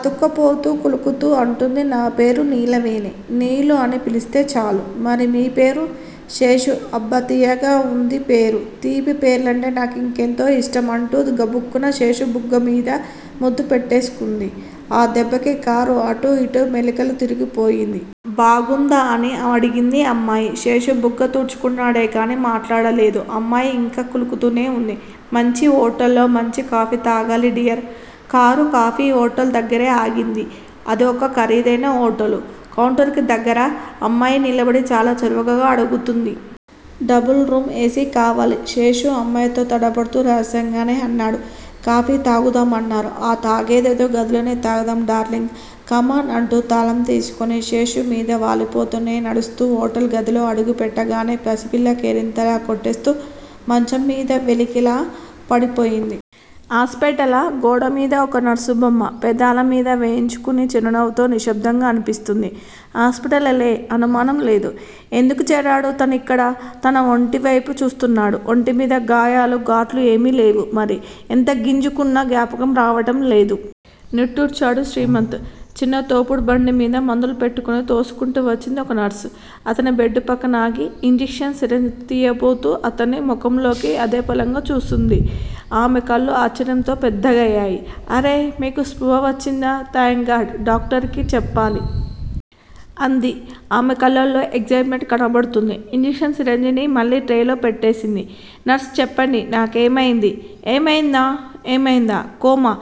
అతుక్కుపోతూ, కులుకుతూ అంటోంది. నా పేరు నీలవేణి. నీలూ అని పిలిస్తే చాలు. మరి మీ పేరో, శేషు అబ్బ తియ్యగా వుంది పేరు. తీపి పేర్లంటే నాకింకెంతో యిష్టం అంటూ గబుక్కున శేషుబుగ్గ మీద ముద్దెట్టేసుకుంది. ఆ దెబ్బకి కారు అటూ ఇటూ మెలికలు తిరిగిపోయింది. బాగుందా? అని అడిగింది అమ్మాయి. శేషు బుగ్గ తుడుచుకున్నాడే గాని మాటాడలేదు. అమ్మాయి యింకా కులుకుతూనే వుంది. మాంచి హోటల్లో మాంచి కాఫీ తాగాలి డియర్! కారు కాఫీ హోటల్ దగ్గిరే ఆగింది. అదొక ఖరీదైన హోటలు. కౌంటరుకి దగ్గర అమ్మాయి నిలబడి చాలా చొరకగా అడుగుతోంది. Double room A. సి. కావాలి! శేషు అమ్మాయితో తడబడుతూ రహస్యంగానే అన్నాడు. 'కాఫీ తాగుదామన్నారు! ఆ తాగేదేదో గదిలోనే తాగుదాం డార్లింగ్. కమాన్ అంటూ తాళం తీసుకుని శేషు-మీద వాలిపోతే నడుస్తూ. హోటల్ గదిలో అడుగు పెట్టగానే పసిపిల్లలా కేరింతలు కొట్టేస్తూ మంచం మీద వెల్లకిలా పడిపోయింది. హాస్పిటళా? గోడ మీద ఒక నర్సుబొమ్మ, పెదిమల మీద వేలుంచుకుని చిరునవ్వుతో నిశ్శబ్దం అన్పిస్తోంది. హాస్పిటలే! అనుమానం లేదు. ఎందుకు చేరాడు తనిక్కడ? తన ఒంటి వైపు చూసుకున్నాడు. ఒంటి మీద గాయాలూ, కట్లూ ఏమీ లేవు. మరి? ఎంత గింజుకున్నా జ్ఞాపకం రావడం లేదు. నిట్టూర్చాడు శ్రీమంత్. చిన్న తోపుడు బండిమీద మందులు పెట్టుకుని తోసుకుంటూ వచ్చింది ఒక నర్సు. అతని బెడ్ పక్కన ఆగి, ఇంజెక్షన్ సిరెంజ్ తియ్యబోతూ అతని మొఖంలోకి అదేపలంగా చూసింది. ఆమె కళ్ళు ఆశ్చర్యంతో పెద్దవయ్యాయి. అరె! మీకు స్పృహ వచ్చిందా! Thank God! డాక్టర్ కి చెప్పాలి! అంది. ఆమె కళ్ళలో ఎక్సయిట్ మెంట్ కనబడుతోంది. ఇంజెక్షన్ సిరెంజి మళ్ళీ ట్రేలో పెట్టేసింది. నర్స్ చెప్పండి నాకేమయింది? ఏమయిందా? ఏమయిందా? కోమా!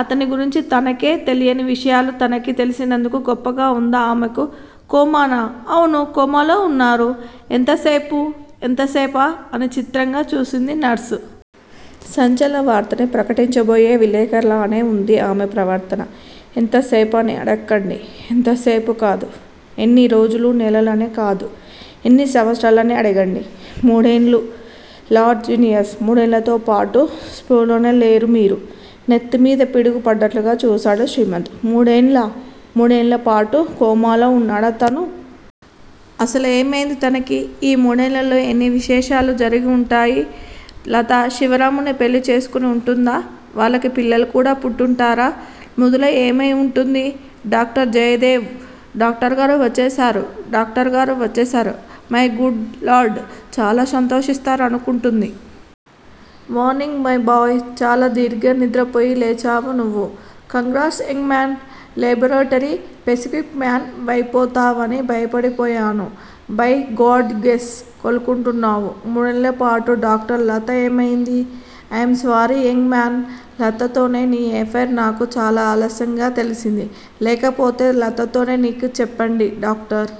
అతన్ని గురించి అతనికే తెలియని విషయాలు తనకి తెలిసినందుకు గొప్పగా ఉందామెకు. కోమానా? అవును! కోమాలో ఉన్నారు. ఎంతసేపు? ఎంతసేపా? అని చిత్రంగా చూసింది నర్సు. సంచలనవార్తని ప్రకటించబోయే విలేఖరిలానే ఉంది ఆమె ప్రవర్తన. ఎంతసేపు అని అడక్కండి. ఎంతసేపు కాదు. ఎన్ని రోజులూ నెలలూ అని కాదు. ఎన్ని సంవత్సరాలని అడగండి. మూడేళ్ళు! Lord genius! మూడేళ్ళతోపాటు స్పృహలోనే లేరు మీరు! నెత్తిమీద పిడుగు పడ్డట్లు చూశాడు శ్రీమంత్. మూడేళ్ళా? మూడేళ్ళపాటు కోమాలో ఉన్నాడా తను? అసలేమైంది తనకి? ఈ మూడేళ్ళలో ఎన్ని విశేషాలు జరిగి ఉంటాయి? లతా శివరావుని పెళ్ళి చేసేసుకుని ఉంటుందా? వాళ్ళకి పిల్లలు కూడా పుట్టి ఉంటారా? మృదుల ఏమై వుంటుంది? డాక్టర్, జయదేవ్? డాక్టరుగారు వచ్చేసారు! డాక్టరుగారు వచ్చేసారు! My good lord! చాలా సంతోషిస్తారు అనుకుంటోంది. Morning my boy! చాలా దీర్ఘనిద్రపోయి లేచావు నువ్వు! Congrats young men! Laboratory specimen వైపోతావేమోనని భయపడిపోయాను. బై గాడ్స్ గ్రేస్, కోలుకుంటున్నావు. మూడేళ్ళపాటు డాక్టర్! లత ఏమైంది? I am sorry young man! లతతోనే నీ అఫెయిర్ నాకు చాలా ఆలస్యంగా తెలిసింది. లేకపోతే లతతోనే నీ చెప్పండి డాక్టర్!